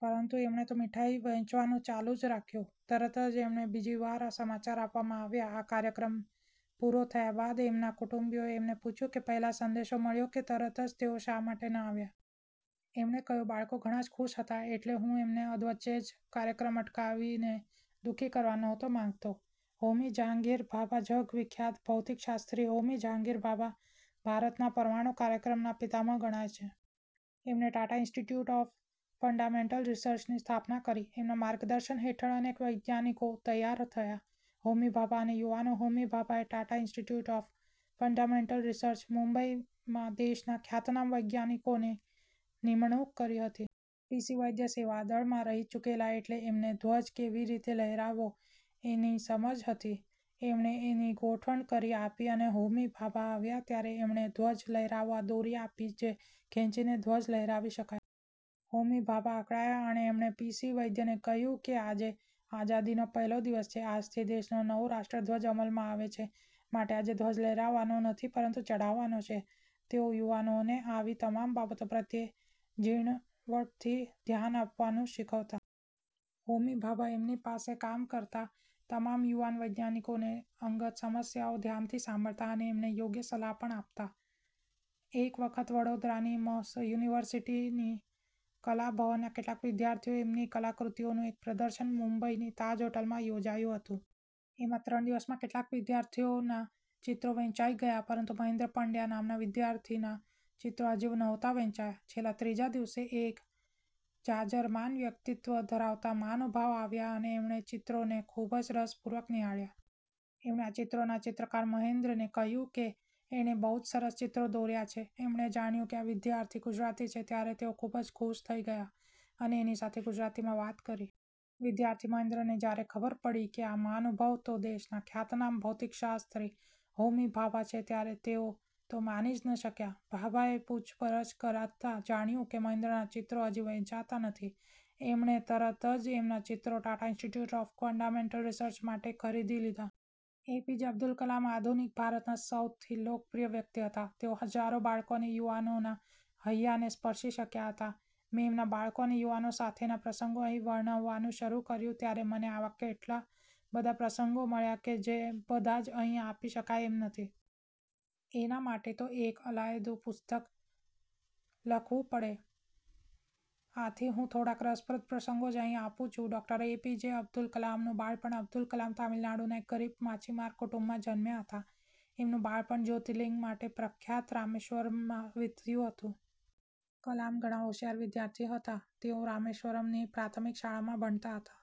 પરંતુ એમણે તો મીઠાઈ વહેંચવાનું ચાલુ જ રાખ્યું. તરત જ એમને બીજી વાર આ સમાચાર આપવામાં આવ્યા. આ કાર્યક્રમ પૂરો થયા બાદ એમના કુટુંબીઓએ એમને પૂછ્યું કે પહેલો સંદેશો મળ્યો કે તરત જ તેઓ શા માટે ન આવ્યા? એમણે કહ્યું, "બાળકો ઘણા જ ખુશ હતા એટલે હું એમને અધવચ્ચે જ કાર્યક્રમ અટકાવીને દુઃખી કરવા નહોતો માંગતો. " હોમી જહાંગીર ભાભા જગ વિખ્યાત ભૌતિકશાસ્ત્રી હોમી જહાંગીર ભાભા ભારતના પરમાણુ કાર્યક્રમના પિતામહ ગણાય છે. એમણે ટાટા ઇન્સ્ટિટ્યૂટ ઓફ ફંડામેન્ટલ રિસર્ચની સ્થાપના કરી. એમના માર્ગદર્શન હેઠળ અનેક વૈજ્ઞાનિકો તૈયાર થયા. હોમી ભાભા અને યુવાનો હોમી ભાભાએ Tata institute of fundamental research, મુંબઈમાં દેશના ખ્યાતનામ વૈજ્ઞાનિકોની નિમણુંક કરી હતી. પી. સી. વૈદ્ય સેવાદળમાં રહી ચૂકેલા એટલે એમને ધ્વજ કેવી રીતે લહેરાવવો એની સમજ હતી. એમણે એની ગોઠવણ કરી આપી અને હોમી ભાભા આવ્યા ત્યારે એમને ધ્વજ લહેરાવવા દોરી આપી જે ખેંચીને ધ્વજ લહેરાવી શકાય. હોમી ભાભા અકળાયા અને એમણે પી. સી. વૈદ્યને કહ્યું કે, "આજે આઝાદીનો પહેલો દિવસ છે. આજથી દેશનો નવો રાષ્ટ્રધ્વજ અમલમાં આવે છે. માટે આજે ધ્વજ લહેરાવવાનો નથી પરંતુ ચઢાવવાનો છે. " તેઓ યુવાનોને આવી તમામ બાબતો પ્રત્યે ઝીણવટથી ધ્યાન આપવાનું શીખવતા. હોમી ભાભા એમની પાસે કામ કરતા તમામ યુવાન વૈજ્ઞાનિકોની અંગત સમસ્યાઓ ધ્યાનથી સાંભળતા અને એમને યોગ્ય સલાહ પણ આપતા. એક વખત વડોદરાની મ. સ. યુનિવર્સીટીના કલાભવનના કેટલાક વિદ્યાર્થીઓએ એમની કલાકૃતિઓનું એક પ્રદર્શન મુંબઈની તાજ હોટેલમાં યોજ્યું હતું. એમાં ત્રણ દિવસમાં કેટલાક વિદ્યાર્થીઓના ચિત્રો વેંચાઈ ગયા પરંતુ મહેન્દ્ર પંડયા નામના વિદ્યાર્થીના ચિત્રો હજી નહોતા વેંચાયા. છેલ્લા ત્રીજા દિવસે એક જાજરમાન વ્યક્તિત્વ ધરાવતા મહાનુભાવ આવ્યા અને એમણે ચિત્રોને ખુબ જ રસપૂર્વક નિહાળ્યા. એમણે આ ચિત્રોના ચિત્રકાર મહેન્દ્રને કહ્યું કે એણે બહુ જ સરસ ચિત્રો દોર્યા છે. એમણે જાણ્યું કે આ વિદ્યાર્થી ગુજરાતી છે ત્યારે તેઓ ખુબ જ ખુશ થઇ ગયા અને એની સાથે ગુજરાતીમાં વાત કરી. વિદ્યાર્થી મહેન્દ્રને જયારે ખબર પડી કે આ મહાનુભાવ તો દેશના ખ્યાતનામ ભૌતિકશાસ્ત્રી હોમી ભાભા છે ત્યારે તેઓ તો માની જ ન શક્યા. ભાભાએ પૂછપરછ કરતાં જાણ્યું કે મહેન્દ્રના ચિત્રો હજી વેંચાયા નથી. એમણે તરત જ એમના ચિત્રો Tata institute of fundamental research માટે ખરીદી લીધા. એપીજે અબ્દુલ કલામ આધુનિક ભારતના સૌથી લોકપ્રિય વ્યક્તિ હતા. તેઓ હજારો બાળકો અને યુવાનોના હૈયાને સ્પર્શી શક્યા હતા. મેં એમના બાળકો અને યુવાનો સાથેના પ્રસંગો અહીં વર્ણવવાનું શરુ કર્યું ત્યારે મને આવા એટલા બધા પ્રસંગો મળ્યા કે જે બધા જ અહીં આપી શકાય એમ નથી. એના માટે તો એક અલાયદું પુસ્તક લખવું પડે! આથી હું થોડાક રસપ્રદ પ્રસંગો જ અહીં આપું છું. ડૉ. એપીજે અબ્દુલ કલામનું બાળપણ અબ્દુલ કલામ તામિલનાડુના એક ગરીબ માછીમાર કુટુંબમાં જનમ્યા હતા. એમનું બાળપણ જ્યોતિર્લિંગ માટે પ્રખ્યાત રામેશ્વરમમાં વીત્યું હતું. કલામ ઘણા હોશિયાર વિદ્યાર્થી હતા. તેઓ રામેશ્વરમની પ્રાથમિક શાળામાં ભણતા હતા.